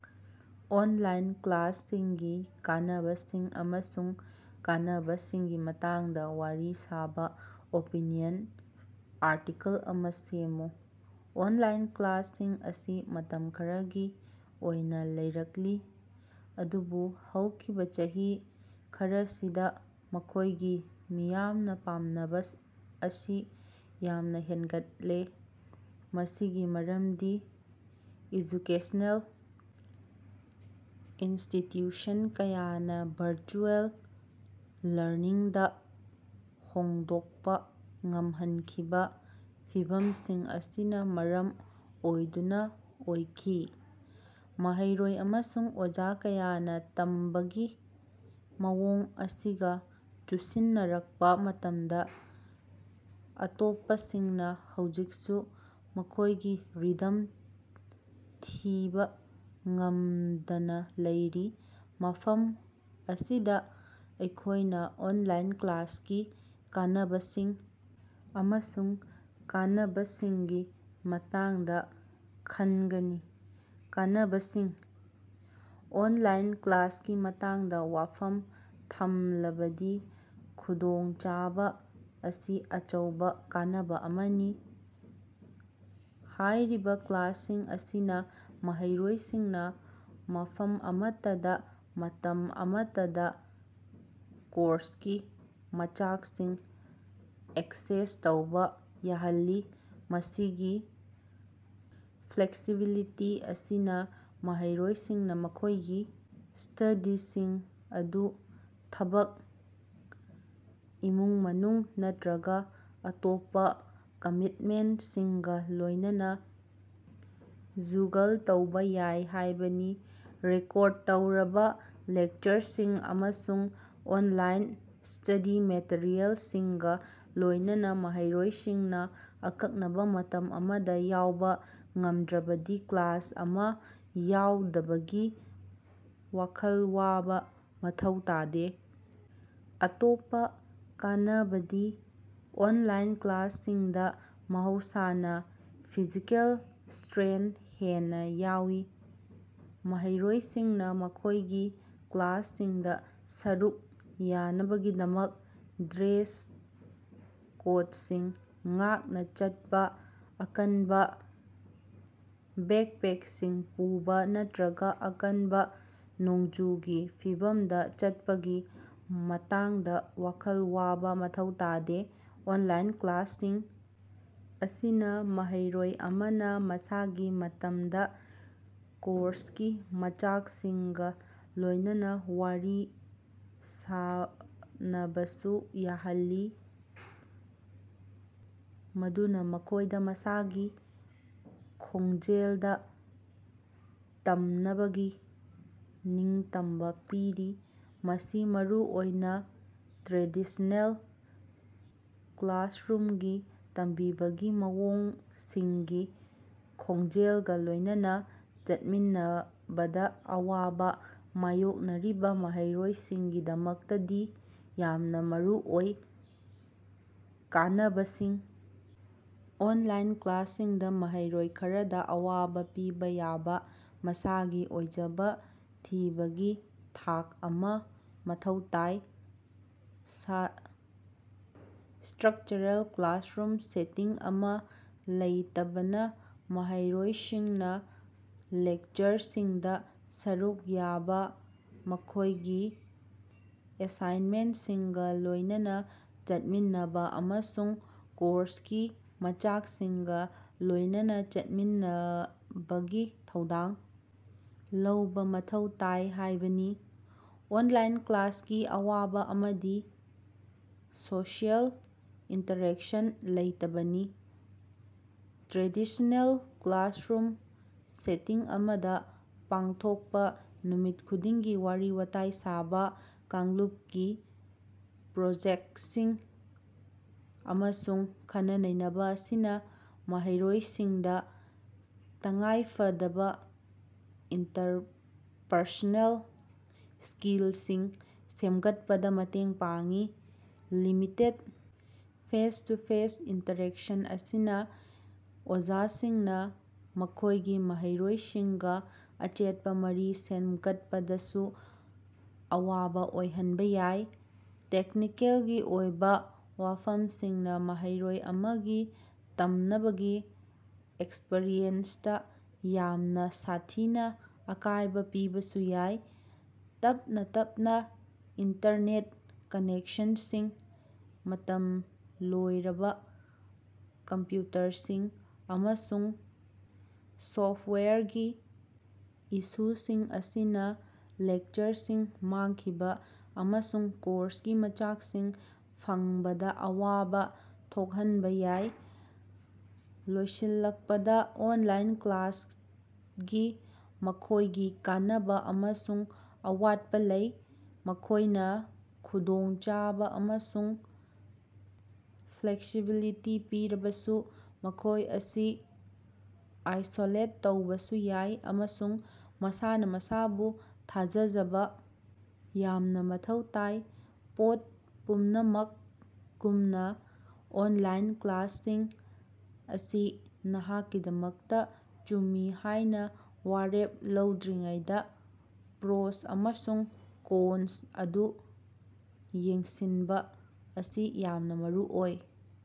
Online ꯀ꯭ꯂꯥꯁꯁꯤꯡꯒꯤ ꯀꯥꯟꯅꯕꯁꯤꯡ ꯑꯃꯁꯨꯡ ꯀꯥꯟꯅꯕꯁꯤꯡꯒꯤ ꯃꯇꯥꯡꯗꯥ ꯋꯥꯔꯤ ꯁꯥꯕꯥ ꯑꯣꯄꯤꯅꯤꯌꯟ ꯑꯥꯔꯇꯤꯀꯦꯜ ꯑꯃꯥ ꯁꯦꯝꯃꯨ꯫ ꯑꯣꯟ ꯂꯥꯏꯟ ꯀ꯭ꯂꯥꯁꯁꯤꯡ ꯑꯁꯤ ꯃꯇꯝ ꯈꯔꯒꯤ ꯑꯣꯏꯅꯥ ꯂꯩꯔꯛꯂꯤ, ꯑꯗꯨꯕꯨ ꯍꯧꯈꯤꯕꯥ ꯆꯍꯤ ꯈꯔꯁꯤꯗꯥ ꯃꯈꯣꯏꯒꯤ ꯃꯤꯌꯥꯝꯅꯥ ꯄꯥꯝꯅꯕꯥ ꯑꯁꯤ ꯌꯥꯝꯅꯥ ꯍꯦꯟꯒꯠꯂꯦ, ꯃꯁꯤꯒꯤ ꯃꯔꯝꯗꯤ ꯑꯦꯖꯨꯀꯦꯁꯅꯦꯜ ꯏꯟꯁꯇꯤꯠꯌꯨꯁꯟ ꯀꯌꯥꯅꯥ ꯚꯔꯆꯨꯑꯦꯜ ꯂꯔꯅꯤꯡꯗꯥ ꯍꯣꯡꯗꯣꯛꯄꯥ ꯉꯝꯍꯟꯈꯤꯕꯥ ꯐꯤꯚꯝꯁꯤꯡ ꯑꯁꯤꯅꯥ ꯃꯔꯝ ꯑꯣꯏꯗꯨꯅꯥ ꯑꯣꯏꯈꯤ꯫ ꯃꯍꯩꯔꯣꯏ ꯑꯃꯁꯨꯡ ꯑꯣꯖꯥ ꯀꯌꯥꯅꯥ ꯇꯝꯕꯒꯤ ꯃꯑꯣꯡ ꯑꯁꯤꯒꯥ ꯆꯨꯁꯤꯟꯅꯔꯛꯄꯥ ꯃꯇꯝꯗꯥ, ꯑꯇꯣꯞꯄꯁꯤꯡꯅꯥ ꯍꯧꯖꯤꯛꯁꯨ ꯃꯈꯣꯏꯒꯤ ꯔꯤꯗꯝ ꯊꯤꯕꯥ ꯉꯝꯗꯅꯥ ꯂꯩꯔꯤ꯫ ꯃꯐꯝ ꯑꯁꯤꯗꯥ ꯑꯩꯈꯣꯏꯅꯥ ꯑꯣꯟꯂꯥꯏꯟ ꯀ꯭ꯂꯥꯁꯀꯤ ꯀꯥꯟꯅꯕꯁꯤꯡ ꯑꯃꯁꯨꯡ ꯀꯥꯟꯅꯕꯁꯤꯡꯒꯤ ꯃꯇꯥꯡꯗꯥ ꯈꯟꯒꯅꯤ꯫ ꯀꯥꯟꯅꯕꯁꯤꯡ: ꯑꯣꯅꯂꯥꯏꯟ ꯀ꯭ꯂꯥꯁꯀꯤ ꯃꯇꯥꯡꯗꯥ ꯋꯥꯐꯝ ꯊꯝꯂꯕꯗꯤ ꯈꯨꯗꯣꯡꯆꯥꯕꯥ ꯑꯁꯤ ꯑꯆꯧꯕꯥ ꯀꯥꯟꯅꯕꯥ ꯑꯃꯅꯤ꯫ ꯍꯥꯏꯔꯤꯕꯥ ꯀ꯭ꯂꯥꯁꯁꯤꯡ ꯑꯁꯤꯅꯥ ꯃꯍꯩꯔꯣꯏꯁꯤꯡꯅꯥ ꯃꯐꯝ ꯑꯃꯠꯇꯗꯥ ꯃꯇꯝ ꯑꯃꯠꯇꯗꯥ ꯀꯣꯔꯁꯀꯤ ꯃꯆꯥꯛꯁꯤꯡ ꯑꯦꯛꯁꯦꯁ ꯇꯧꯕꯥ ꯌꯥꯍꯜꯂꯤ꯫ ꯃꯁꯤꯒꯤ ꯐ꯭ꯂꯦꯛꯁꯤꯕꯤꯂꯤꯇꯤ ꯑꯁꯤꯅꯥ ꯃꯍꯩꯔꯣꯏꯁꯤꯡꯅꯥ ꯃꯈꯣꯏꯒꯤ ꯁ꯭ꯇꯗꯤꯁꯤꯡ ꯑꯗꯨ ꯊꯕꯛ, ꯏꯃꯨꯡ-ꯃꯅꯨꯡ ꯅꯠꯇ꯭ꯔꯒꯥ ꯑꯇꯣꯞꯄꯥ ꯀꯃꯤꯠꯃꯦꯟꯇꯁꯤꯡꯒꯥ ꯂꯣꯏꯅꯅꯥ ꯖꯨꯒꯜ ꯇꯧꯕꯥ ꯌꯥꯏ ꯍꯥꯏꯕꯅꯤ꯫ ꯔꯦꯀꯣꯔꯗ ꯇꯧꯔꯕꯥ ꯂꯦꯛꯆꯔꯁꯤꯡ ꯑꯃꯁꯨꯡ ꯑꯣꯟꯂꯥꯏꯟ ꯁ꯭ꯇꯗꯤ ꯃꯦꯇꯔꯤꯑꯦꯜꯁꯤꯡꯒꯥ ꯂꯣꯏꯅꯅꯥ ꯃꯍꯩꯔꯣꯏꯁꯤꯡꯅꯥ ꯑꯀꯛꯅꯕꯥ ꯃꯇꯝ ꯑꯃꯗꯥ ꯌꯥꯎꯕꯥ ꯉꯝꯗ꯭ꯔꯕꯗꯤ ꯀ꯭ꯂꯥꯁ ꯑꯃꯥ ꯌꯥꯎꯗꯕꯒꯤ ꯋꯥꯈꯜ ꯋꯥꯕꯥ ꯃꯊꯧ ꯇꯥꯗꯦ꯫ ꯑꯇꯣꯞꯄꯥ ꯀꯥꯟꯅꯕꯗꯤ ꯑꯣꯟꯂꯥꯏꯟ ꯀ꯭ꯂꯥꯁꯁꯤꯡꯗꯥ ꯃꯍꯧꯁꯥꯅꯥ ꯐꯤꯖꯤꯀꯦꯜ ꯁ꯭ꯇꯔꯦꯟ ꯍꯦꯟꯅꯥ ꯌꯥꯎꯏ꯫ ꯃꯍꯩꯔꯣꯏꯁꯤꯡꯅꯥ ꯃꯈꯣꯏꯒꯤ ꯀ꯭ꯂꯥꯁꯁꯤꯡꯗꯥ ꯁꯔꯨꯛ ꯌꯥꯅꯕꯒꯤꯗꯃꯛ ꯗ꯭ꯔꯦꯁ ꯀꯣꯗꯁꯤꯡ ꯉꯥꯛꯅꯥ ꯆꯠꯄꯥ, ꯑꯀꯟꯕꯥ ꯕꯦꯛꯄꯦꯛꯁꯤꯡ ꯄꯨꯕꯥ ꯅꯠꯇ꯭ꯔꯒꯥ ꯑꯀꯟꯕꯥ ꯅꯣꯡꯖꯨꯒꯤ ꯐꯤꯚꯝꯗꯥ ꯆꯠꯄꯒꯤ ꯃꯇꯥꯡꯗꯥ ꯋꯥꯈꯜ ꯋꯥꯕꯥ ꯃꯊꯧ ꯇꯥꯗꯦ꯫ ꯑꯣꯟꯂꯥꯏꯟ ꯀ꯭ꯂꯥꯁꯁꯤꯡ ꯑꯁꯤꯅꯥ ꯃꯍꯩꯔꯣꯏ ꯑꯃꯅꯥ ꯃꯁꯥꯒꯤ ꯃꯇꯝꯗꯥ ꯀꯣꯔꯁꯀꯤ ꯃꯆꯥꯛꯁꯤꯡꯒꯥ ꯂꯣꯏꯅꯅꯥ ꯋꯥꯔꯤ ꯁꯥꯅꯕꯁꯨ ꯌꯥꯍꯜꯂꯤ, ꯃꯗꯨꯅꯥ ꯃꯈꯣꯏꯗꯥ ꯃꯁꯥꯒꯤ ꯈꯣꯡꯖꯦꯜꯗꯥ ꯇꯝꯅꯕꯒꯤ ꯅꯤꯡꯇꯝꯕꯥ ꯄꯤꯔꯤ꯫ ꯃꯁꯤ ꯃꯔꯨꯑꯣꯏꯅꯥ ꯇ꯭ꯔꯦꯗꯤꯁꯅꯦꯜ ꯀ꯭ꯂꯥꯁꯔꯨꯝꯒꯤ ꯇꯝꯕꯤꯕꯒꯤ ꯃꯑꯣꯡꯁꯤꯡꯒꯤ ꯈꯣꯡꯖꯦꯜꯒꯥ ꯂꯣꯏꯅꯅꯥ ꯆꯠꯃꯤꯟꯅꯕꯗꯥ ꯑꯋꯥꯕꯥ ꯃꯥꯌꯣꯛꯅꯔꯤꯕꯥ ꯃꯍꯩꯔꯣꯏꯁꯤꯡꯒꯤꯗꯃꯛꯇꯗꯤ ꯌꯥꯝꯅꯥ ꯃꯔꯨꯑꯣꯏ꯫ ꯀꯥꯟꯅꯕꯁꯤꯡ: ꯑꯣꯟꯂꯥꯏꯟ ꯀ꯭ꯂꯥꯁꯁꯤꯡꯗꯥ ꯃꯍꯩꯔꯣꯏ ꯈꯔꯗꯥ ꯑꯋꯥꯕꯥ ꯄꯤꯕꯥ ꯌꯥꯕꯥ ꯃꯁꯥꯒꯤ ꯑꯣꯏꯖꯕꯥ ꯊꯤꯕꯒꯤ ꯊꯥꯛ ꯑꯃꯥ ꯃꯊꯧ ꯇꯥꯏ꯫ ꯏꯁ꯭ꯠꯔꯀꯆꯔꯦꯜ ꯀ꯭ꯂꯥꯁꯔꯨꯝ ꯁꯦꯇꯤꯡ ꯑꯃꯥ ꯂꯩꯇꯕꯅꯥ ꯃꯍꯩꯔꯣꯏꯁꯤꯡꯅꯥ ꯂꯦꯛꯆꯔꯁꯤꯡꯗꯥ ꯁꯔꯨꯛ ꯌꯥꯕꯥ, ꯃꯈꯣꯏꯒꯤ ꯑꯦꯁꯥꯏꯟꯃꯦꯟꯇꯁꯤꯡꯒꯥ ꯂꯣꯏꯅꯅꯥ ꯆꯠꯃꯤꯟꯅꯕꯥ ꯑꯃꯁꯨꯡ ꯀꯣꯔꯁꯀꯤ ꯃꯆꯥꯛꯁꯤꯡꯒꯥ ꯂꯣꯏꯅꯅꯥ ꯆꯠꯃꯤꯟꯅꯕꯒꯤ ꯊꯧꯗꯥꯡ ꯂꯧꯕꯥ ꯃꯊꯧ ꯇꯥꯏ ꯍꯥꯏꯕꯅꯤ꯫ ꯑꯣꯟꯂꯥꯏꯟ ꯀ꯭ꯂꯥꯁꯀꯤ ꯑꯋꯥꯕꯥ ꯑꯃꯗꯤ ꯁꯣꯁꯤꯑꯦꯜ ꯏꯟꯇꯔꯦꯛꯁꯟ ꯂꯩꯇꯕꯅꯤ꯫ ꯇ꯭ꯔꯦꯗꯤꯁꯅꯦꯜ ꯀ꯭ꯂꯥꯁꯔꯨꯝ ꯁꯦꯇꯤꯡ ꯑꯃꯗꯥ ꯄꯥꯡꯊꯣꯛꯄꯥ ꯅꯨꯃꯤꯠ ꯈꯨꯗꯤꯡꯒꯤ ꯋꯥꯔꯤ-ꯋꯥꯇꯥꯏ ꯁꯥꯕꯥ, ꯀꯥꯡꯂꯨꯄꯀꯤ ꯄ꯭ꯔꯣꯖꯦꯛꯇꯁꯤꯡ ꯑꯃꯁꯨꯡ ꯈꯟꯅ-ꯅꯩꯅꯕꯥ ꯑꯁꯤꯅꯥ ꯃꯍꯩꯔꯣꯏꯁꯤꯡꯗꯥ ꯇꯉꯥꯏꯐꯗꯕꯥ ꯏꯟꯇꯔꯄꯔꯁꯣꯅꯦꯜ ꯁ꯭ꯀꯤꯜꯁꯤꯡ ꯁꯦꯝꯒꯠꯄꯗꯥ ꯃꯇꯦꯡ ꯄꯥꯡꯏ꯫ ꯂꯤꯃꯤꯇꯦꯗ ꯐꯦꯁ-ꯇꯨ-ꯐꯦꯁ ꯏꯟꯇꯔꯦꯛꯁꯟ ꯑꯁꯤꯅꯥ ꯑꯣꯖꯥꯁꯤꯡꯅꯥ ꯃꯈꯣꯏꯒꯤ ꯃꯍꯩꯔꯣꯏꯁꯤꯡꯒꯥ ꯑꯆꯦꯠꯄꯥ ꯃꯔꯤ ꯁꯦꯝꯒꯠꯄꯗꯁꯨ ꯑꯋꯥꯕꯥ ꯑꯣꯏꯍꯟꯕꯥ ꯌꯥꯏ꯫ ꯇꯦꯛꯅꯤꯀꯦꯜꯒꯤ ꯑꯣꯏꯕꯥ ꯋꯥꯐꯝꯁꯤꯡꯅꯥ ꯃꯍꯩꯔꯣꯏ ꯑꯃꯒꯤ ꯇꯝꯅꯕꯒꯤ ꯑꯦꯛꯁꯄꯔꯤꯌꯦꯟꯁꯇꯥ ꯌꯥꯝꯅꯥ ꯁꯥꯊꯤꯅꯥ ꯑꯀꯥꯏꯕꯥ ꯄꯤꯕꯁꯨ ꯌꯥꯏ꯫ ꯇꯞꯅꯥ ꯇꯞꯅꯥ ꯏꯟꯇꯔꯅꯦꯠ ꯀꯅꯦꯛꯁꯟꯁꯤꯡ, ꯃꯇꯝ ꯂꯣꯏꯔꯕꯥ ꯀꯝꯞꯌꯨꯇꯔꯁꯤꯡ, ꯑꯃꯁꯨꯡ ꯁꯣꯐꯇꯋꯥꯌꯔꯒꯤ ꯏꯁꯨꯁꯤꯡ ꯑꯁꯤꯅꯥ ꯂꯦꯛꯆꯔꯁꯤꯡ ꯃꯥꯡꯈꯤꯕꯥ ꯑꯃꯁꯨꯡ ꯀꯣꯔꯁꯀꯤ ꯃꯆꯥꯛꯁꯤꯡ ꯐꯪꯕꯗꯥ ꯑꯋꯥꯕꯥ ꯊꯣꯛꯍꯟꯕꯥ ꯌꯥꯏ꯫ ꯂꯣꯏꯁꯤꯜꯂꯛꯄꯗꯥ, ꯑꯣꯟꯂꯥꯏꯟ ꯀ꯭ꯂꯥꯁꯁꯤꯡꯒꯤ ꯃꯈꯣꯏꯒꯤ ꯀꯥꯟꯅꯕꯥ ꯑꯃꯁꯨꯡ ꯑꯋꯥꯠꯄꯥ ꯂꯩ꯫ ꯃꯈꯣꯏꯅꯥ ꯈꯨꯗꯣꯡꯆꯥꯕꯥ ꯑꯃꯁꯨꯡ ꯐ꯭ꯂꯦꯛꯁꯤꯕꯤꯂꯤꯇꯤ ꯄꯤꯔꯕꯁꯨ, ꯃꯈꯣꯏ ꯑꯁꯤ ꯑꯥꯏꯁꯣꯂꯦꯠ ꯇꯧꯕꯁꯨ ꯌꯥꯏ ꯑꯃꯁꯨꯡ ꯃꯁꯥꯅꯥ ꯃꯁꯥꯕꯨ ꯊꯥꯖꯖꯕꯥ ꯌꯥꯝꯅꯥ ꯃꯊꯧ ꯇꯥꯏ꯫ ꯄꯣꯠ ꯄꯨꯝꯅꯃꯛꯒꯨꯝꯅꯥ, ꯑꯣꯟꯂꯥꯏꯟ ꯀ꯭ꯂꯥꯁꯁꯤꯡ ꯑꯁꯤ ꯅꯍꯥꯛꯀꯤꯗꯃꯛꯇꯥ ꯆꯨꯝꯃꯤ ꯍꯥꯏꯅꯥ ꯋꯥꯔꯦꯞ ꯂꯧꯗ꯭ꯔꯤꯉꯩꯗꯥ ꯄ꯭ꯔꯣꯁ ꯑꯃꯁꯨꯡ ꯀꯣꯟꯁ ꯑꯗꯨ ꯌꯦꯡꯁꯤꯟꯕꯥ ꯑꯁꯤ ꯌꯥꯝꯅꯥ ꯃꯔꯨꯑꯣꯏ꯫